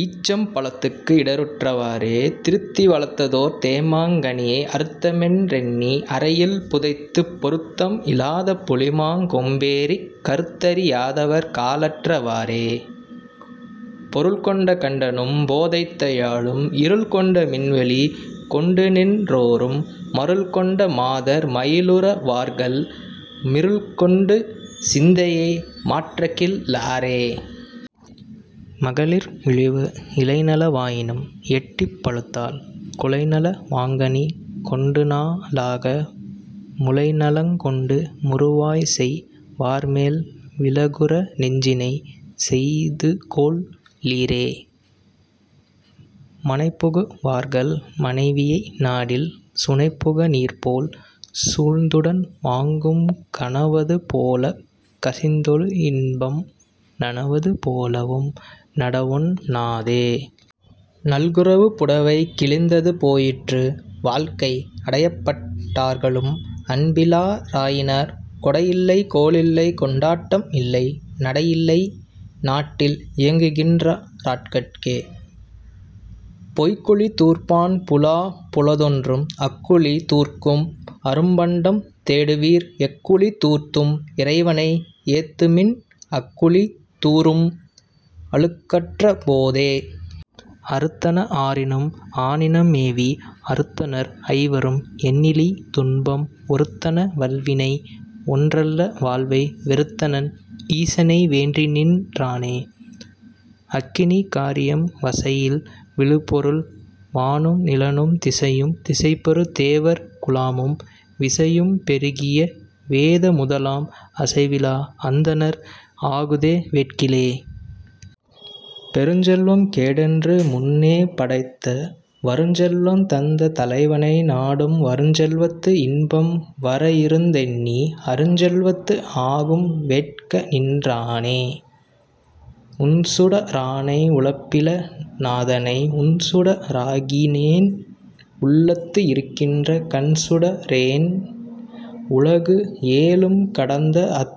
ஈச்சம் பழத்துக்கு இடருற்ற வாறே. திருத்தி வளர்த்ததோர் தேமாங் கனியை அருத்தமென் றெண்ணி அறையில் புதைத்துப் பொருத்தம் இலாத புளிமாங் கொம்பேறிக் கருத்தறி யாதவர் காலற்ற வாறே. பொருள்கொண்ட கண்டனும் போதத்தை யாளும் இருள்கொண்ட மின்வெளி கொண்டுநின் றோரும் மருள்கொணட மாதர் மயலுறு வார்கள் மிருள்கொண்ட சிந்தையை மாற்றகில் லாரே... மகளிர் இழிவு இலைநல வாயினும் எட்டி பழுத்தால் குலைநல வாங்கனி கொண்டுணா லாகா முலைநலங் கொண்டு முறுவாய்செய் வார்மேல் விலகுறு நெஞ்சினை செய்துகொள் ளீரே. மனைபுகு வார்கள் மனைவியை நாடில் சுனைபுகு நீர்போல் சுழ்த்துடன் வாங்கும் கனவது போலக் கசிந்தெழும் இன்பம் நனவது போலவும் நடவொண் ணாதே. நல்குரவு புடைவை கிழிந்தது போயிற்று வாழ்க்கை அடையப்பட்டார்களும் அன்பில ராயினார் கொடையில்லை கோளில்லை கொண்டாட்ட மில்லை நடையில்லை நாட்டில் இயங்குகின் றார்கட்கே. பொய்க்குழி தூர்ப்பான் புலா புலருதென்று அக்குழி தூர்க்கும் அரும்பண்டம் தேடுவீர் எக்குழி தூர்த்தும் இறைவனை ஏத்துமின் அக்குழி தூரும் அழுக்கற்ற போதே. அறுத்தன ஆறினும் ஆனினம் மேவி அறுத்தனர் ஐவரும் எண்ணிலி துன்பம் ஒறுத்தன வல்வினை ஒன்றல்ல வாழ்வை வெறுத்தனன் ஈசனை வேண்டிநின் றானே... அக்கினி காரியம் வசையில் விழுப்பொருள் வானும் நிலனும் திசையும் திசைபெறு தேவர் குழாமும் விசையும் பெருகிய வேத முதலாம் அசைவிலா அந்தணர் ஆகுதி வேட்கிலே. பெருஞ்செல்வம் கேடென்று முன்னே படைத்த வருஞ்செல்வம் தந்த தலைவனை நாடும் வருஞ்செல்வத்து இன்பம் வரஇருந் தெண்ணி அருஞ்செல்வத்து ஆகும் வேட்கநின் றாரே. ஒண்சுட ரானை உலப்பிலி நாதனை ஒண்சுட ராகினேன் உள்ளத்து இருக்கின்ற கண்சுட ரோன் உலகு ஏழும் கடந்த அத்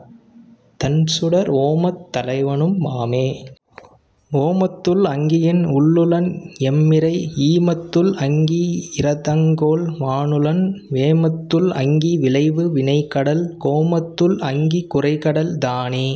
தண்சுடர் ஓமத் தலைவனு மாமே. ஓமத்துள் அங்கியின் உள்ளுளன் எம்மிறை ஈமத்துள் அங்கி இரதங்கொள் வானுளன் வேமத்துள் அங்கி விளைவு வினைக்கடல் கோமத்துள் அங்கி குரைகடல் தானே.